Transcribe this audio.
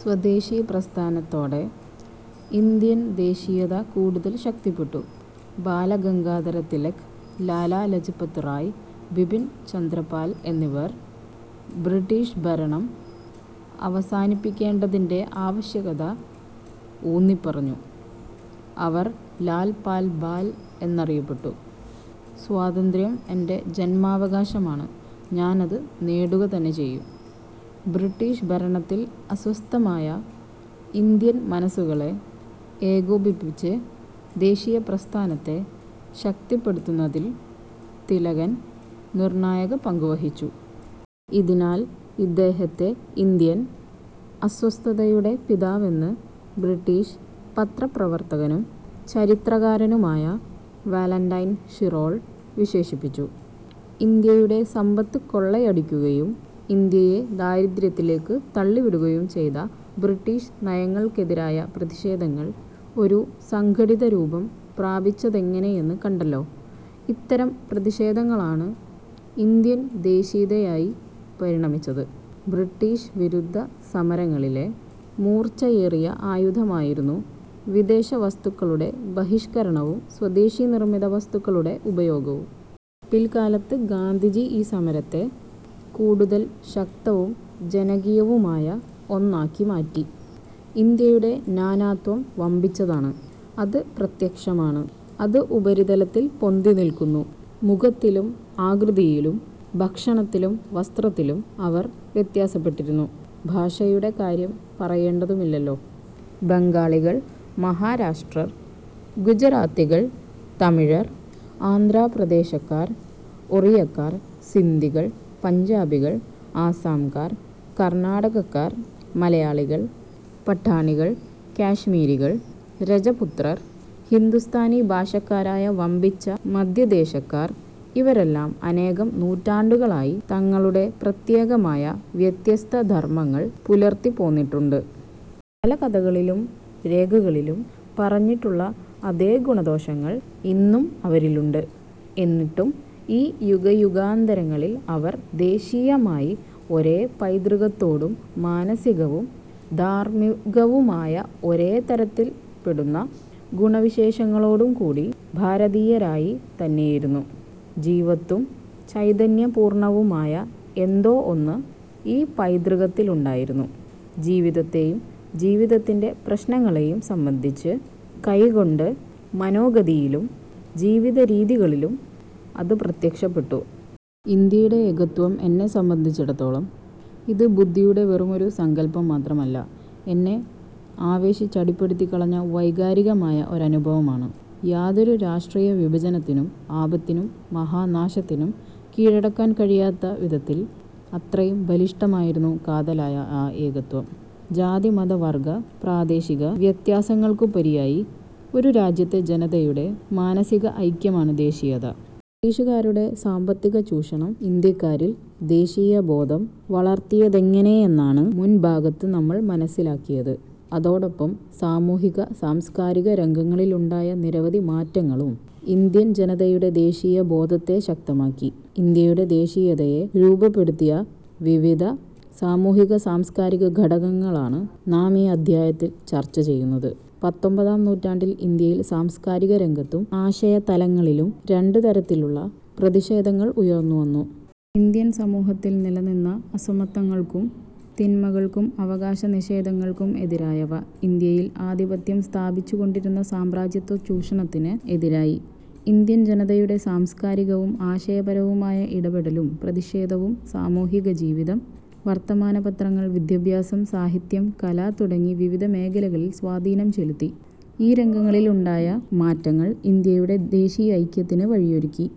സ്വദേശി പ്രസ്ഥാനത്തോടെ ഇന്ത്യൻ ദേശീയത കൂടുതൽ ശക്തിപ്പെട്ടു. ബാല ഗംഗാധര തിലക്, ലാലാ ലജ്പത് റായ്, ബിപിൻ ചന്ദ്രപാൽ എന്നിവർ ബ്രിട്ടീഷ് ഭരണം അവസാനിപ്പിക്കേണ്ടതിന്റെ ആവശ്യകത ഊന്നിപ്പറഞ്ഞു. അവർ ലാൽ -പാൽ-ബാൽ എന്നറിയപ്പെട്ടു. "സ്വാതന്ത്ര്യം എന്റെ ജൻമാവകാശമാണ്. ഞാൻ അത് നേടുകതന്നെ ചെയ്യും. ബ്രിട്ടീഷ് ഭരണത്തിൽ അസ്വസ്ഥമായ ഇന്ത്യൻ മനസുകളെ ഏകോപിപ്പിച്ച് ദേശീയ പ്രസ്ഥാനത്തെ ശക്തിപ്പെടുത്തുന്നതിൽ തിലകൻ നിർണായക പങ്കു വഹിച്ചു. ഇതിനാൽ ഇദ്ദേഹത്തെ ഇന്ത്യൻ അസ്വസ്ഥതയുടടെ പിതാവെന്ന് ബ്രിട്ടീഷ് പത്രപ്രവർത്തകനും ചരിത്രകാരനുമായ വാലന്റയിൻ ഷിറോൾ വിശേഷിപ്പിച്ചു. ഇന്ത്യയുടെ സമ്പത്ത് കൊള്ളയടിക്കുകയും ഇന്ത്യയെ ദാരിദ്ര്യത്തിലേക്ക് തള്ളിവിടുകയും ചെയ്ത ബ്രിട്ടീഷ് നയങ്ങൾക്കെതിരായ പ്രതിഷേധങ്ങൾ ഒരു സംഘടിതരൂപം പ്രാപിച്ചതെങ്ങനെയെന്ന് കണ്ടല്ലോ. ഇത്തരം പ്രതിഷേധങ്ങളാണ് ഇന്ത്യൻ ദേശീയതയായി പരിണമിച്ചത്. ബ്രിട്ടീഷ് വിരുദ്ധ സമരങ്ങളിലെ മൂർച്ചയേറിയ ആയുധമായിരുന്നു വിദേശവസ്തുക്കളുടെ ബഹിഷ്കരണവും സ്വദേശി നിർമിത വസ്തുക്കളുടെ ഉപയോഗവും. പിൽക്കാലത്ത് ഗാന്ധിജി ഈ സമരത്തെ കൂടുതൽ ശക്തവും ജനകീയവുമായ ഒന്നാക്കി മാറ്റി. ഇന്ത്യയുടെ നാനാത്വം വമ്പിച്ചതാണ്. അത് പ്രത്യക്ഷമാണ്. അത് ഉപരിതലത്തിൽ പൊന്തിനിൽക്കുന്നു. മുഖത്തിലും ആകൃതിയിലും ഭക്ഷണത്തിലും വസ്ത്രത്തിലും അവർ വ്യത്യാസപ്പെട്ടിരിക്കുന്നു. ഭാഷയുടെ കാര്യം പറയേണ്ടതുമില്ലല്ലോ. ബംഗാളികൾ, മഹാരാഷ്ട്രർ, ഗുജറാത്തികൾ, തമിഴർ, ആന്ധ്രാപ്രദേശക്കാർ, ഒറിയക്കാർ, സിന്ധികൾ, പഞ്ചാബികൾ, ആസ്സാംകാർ, കർണാടകക്കാർ, മലയാളികൾ, പഠാണികൾ, കാശ്മീരികൾ, രജപുത്രർ, ഹിന്ദുസ്ഥാനി ഭാഷക്കാരായ വമ്പിച്ച മധ്യദേശക്കാർ ഇവരെല്ലാം അനേകം നൂറ്റാണ്ടുകളായി തങ്ങളുടെ പ്രത്യേകമായ വ്യത്യസ്ത ധർമങ്ങൾ പുലർത്തിപ്പോന്നിട്ടുണ്ട്. പല കഥകളിലും രേഖകളിലും പറഞ്ഞിട്ടുള്ള അതേ ഗുണദോഷങ്ങൾ ഇന്നും അവരിലുണ്ട്. എന്നിട്ടും ഈ യുഗയുഗാന്തരങ്ങളിൽ അവർ ദേശീയമായി ഒരേ പൈതൃകത്തോടും മാനസികവും ധാർമികവുമായി ഒരേ തരത്തിൽപ്പെടുന്ന ഗുണവിശേഷങ്ങളോടുംകൂടി ഭാരതീയരായി തന്നെയിരുന്നു. ജീവത്തും ചൈതന്യപൂർണവുമായ എന്തോ ഒന്ന് ഈ പൈതൃകത്തിലുണ്ടായിരുന്നു. ജീവിതത്തെയും ജീവിതത്തിന്റെ പ്രശ്നങ്ങളെയും സംബന്ധിച്ച് കൈക്കൊണ്ട് മനോഗതിയിലും ജീവിതരീതികളിലും അതു പ്രത്യക്ഷപ്പെട്ടു. ഇന്ത്യയുടെ ഏകത്വം എന്നെ സംബന്ധിച്ചിടത്തോളം ഇത് ബുദ്ധിയുടെ വെറുമൊരു സങ്കൽപ്പം മാത്രമല്ല; എന്നെ ആവേശിച്ചടിപ്പെടുത്തിക്കളഞ്ഞ വൈകാരികമായ ഒരനുഭവമാണ്. യാതൊരു രാഷ്ട്രീയവിഭജനത്തിനും ആപത്തിനും മഹാനാശത്തിനും കീഴടക്കാൻ കഴിയാത്ത വിധത്തിൽ അത്രയും ബലിഷ്ഠമായിരുന്നു കാതലായ ആ ഏകത്വം. ജാതി-മത-വർഗ-പ്രാദേശിക വ്യത്യാസങ്ങൾക്കുപരിയായി ഒരു രാജ്യത്തെ ജനതയുടെ മാനസിക ഐക്യമാണ് ദേശീയത. ബ്രിട്ടീഷുകാരുടെ സാമ്പത്തികചൂഷണം ഇന്ത്യക്കാരിൽ ദേശീയബോധം വളർത്തിയതെങ്ങനെയെന്നാണ് മുൻപാഠഭാഗത്ത് നമ്മൾ മനസ്സിലാക്കിയത്. അതോടൊപ്പം സാമൂഹിക-സാംസ്കാരിക രംഗങ്ങളിലുണ്ടായ നിരവധി മാറ്റങ്ങളും ഇന്ത്യൻ ജനതയുടെ ദേശീയബോധത്തെ ശക്തമാക്കി. ഇന്ത്യയുടെ ദേശീയതയെ രൂപപ്പെടുത്തിയ വിവിധ സാമൂഹിക-സാംസ്കാരിക ഘടകങ്ങളാണ് നാം ഈ അധ്യായത്തിൽ ചർച്ചചെയ്യുന്നത്. പത്തൊമ്പതാം നൂറ്റാണ്ടിൽ ഇന്ത്യയിൽ സാംസ്കാരിക രംഗത്തും ആശയ തലങ്ങളിലും രണ്ടു തരത്തിലുള്ള പ്രതിഷേധങ്ങൾ ഉയർന്നുവന്നു. ഇന്ത്യൻ സമൂഹത്തിൽ നിലനിന്ന അസമത്വങ്ങൾക്കും തിന്മകൾക്കും അവകാശനിഷേധങ്ങൾക്കും എതിരായവ. ഇന്ത്യയിൽ ആധിപത്യം സ്ഥാപിച്ചുകൊണ്ടിരുന്ന സാമ്രാജ്യത്വ ചൂഷണത്തിന് എതിരായി. ഇന്ത്യൻ ജനതയുടെ സാംസ്കാരികവും ആശയപരവുമായ ഇടപെടലും പ്രതിഷേധവും സാമൂഹികജീവിതം, വർത്തമാനപത്രങ്ങൾ, വിദ്യാഭ്യാസം, സാഹിത്യം, കല തുടങ്ങി വിവിധ മേഖലകളിൽ സ്വാധീനം ചെലുത്തി. ഈ രംഗങ്ങളിലുണ്ടായ മാറ്റങ്ങൾ ഇന്ത്യയുടെ ദേശീയൈക്യത്തിന് വഴിയൊരുക്കി.